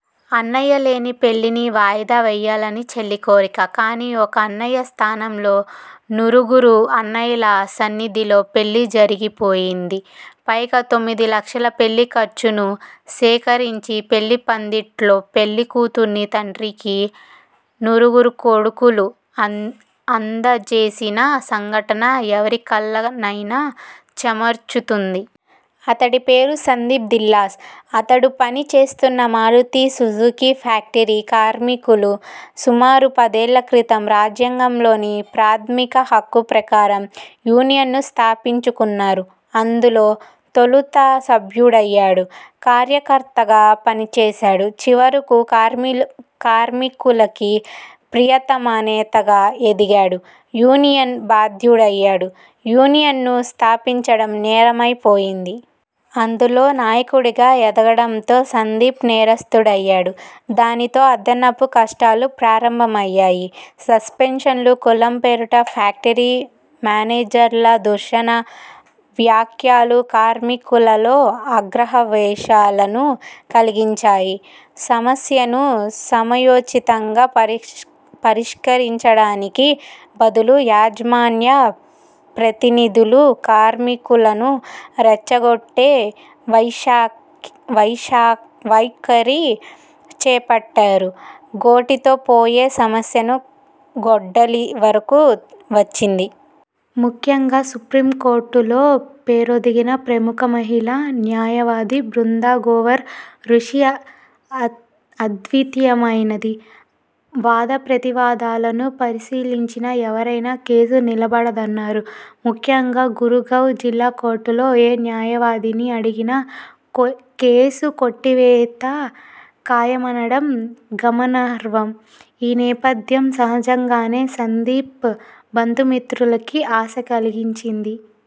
అన్నయ్య లేని పెళ్ళిని వాయిదా వేయాలని చెల్లి కోరిక. కానీ ఒక్క అన్నయ్య స్థానంలో నూరుగురు అన్నయ్యల సన్నిధిలో పెళ్ళి జరిపోయింది. పైగా తొమ్మిది లక్షల 'పెళ్ళి ఖర్చు'ను సేకరించి పెళ్ళి పందిట్లో పెళ్ళి కూతురి తండ్రికి 'నూరుగురు కొడుకులు' అందజేసిన సంఘటన ఎవరికళ్ళనైనా చెమర్చుతుంది. అతడి పేరు సందీప్ థిల్లాస్, అతడు పని చేస్తున్న మారుతీ సుజుకి ఫ్యాక్టరీ కార్మికులు సుమారు పదేళ్ళ క్రితం రాజ్యాంగంలోని ప్రాథమిక హక్కు ప్రకారం యూనియన్ను స్థాపించుకున్నారు. అందులో తొలుత సభ్యుడయ్యాడు. కార్యకర్తగా పనిచేశాడు. చివరకు కార్మికులకి ప్రియతమ నేతగా ఎదిగాడు. యూనియన్ బాధ్యుడయ్యాడు. యూనియన్ను స్థాపించడం నేరమై పోయింది. అందులో నాయకుడిగా ఎదగడంతో సందీప్ నేరస్థుడయ్యాడు. దానితో అదనపు కష్టాలు ప్రారంభమయ్యాయి. సస్పెన్షన్లు, కులం పేరిట ఫ్యాక్టరీ మేనేజర్ల దూషణ వ్యాఖ్యలు కార్మికులలో ఆగ్రహావేశాలను కలిగించాయి. సమస్యను సమయోచితంగా పరిష్కరించడానికి బదులు యాజమాన్య ప్రతినిధులు కార్మికులను రెచ్చగొట్టే వైఖరి చేపట్టారు. గోటితో పోయే సమస్యను గొడ్డలి వరకూ వచ్చింది. ముఖ్యంగా సుప్రీం కోర్టులో పేరొందిన ప్రముఖ మహిళా న్యాయవాది బృందా గ్రోవర్ కృషి అద్వితీయమైనది. వాద ప్రతివాదనలను పరిశీలించిన ఎవరైనా కేసు నిలబడదన్నారు. ముఖ్యంగా గురుగావ్ జిల్లా కోర్టులో ఏ న్యాయవాదిని అడిగినా కేసు కొట్టివేత ఖాయమనడం గమనార్హం. ఈ నేపథ్యం, సహజంగానే సందీప్ బంధుమిత్రులకీ ఆశ కలిగించింది.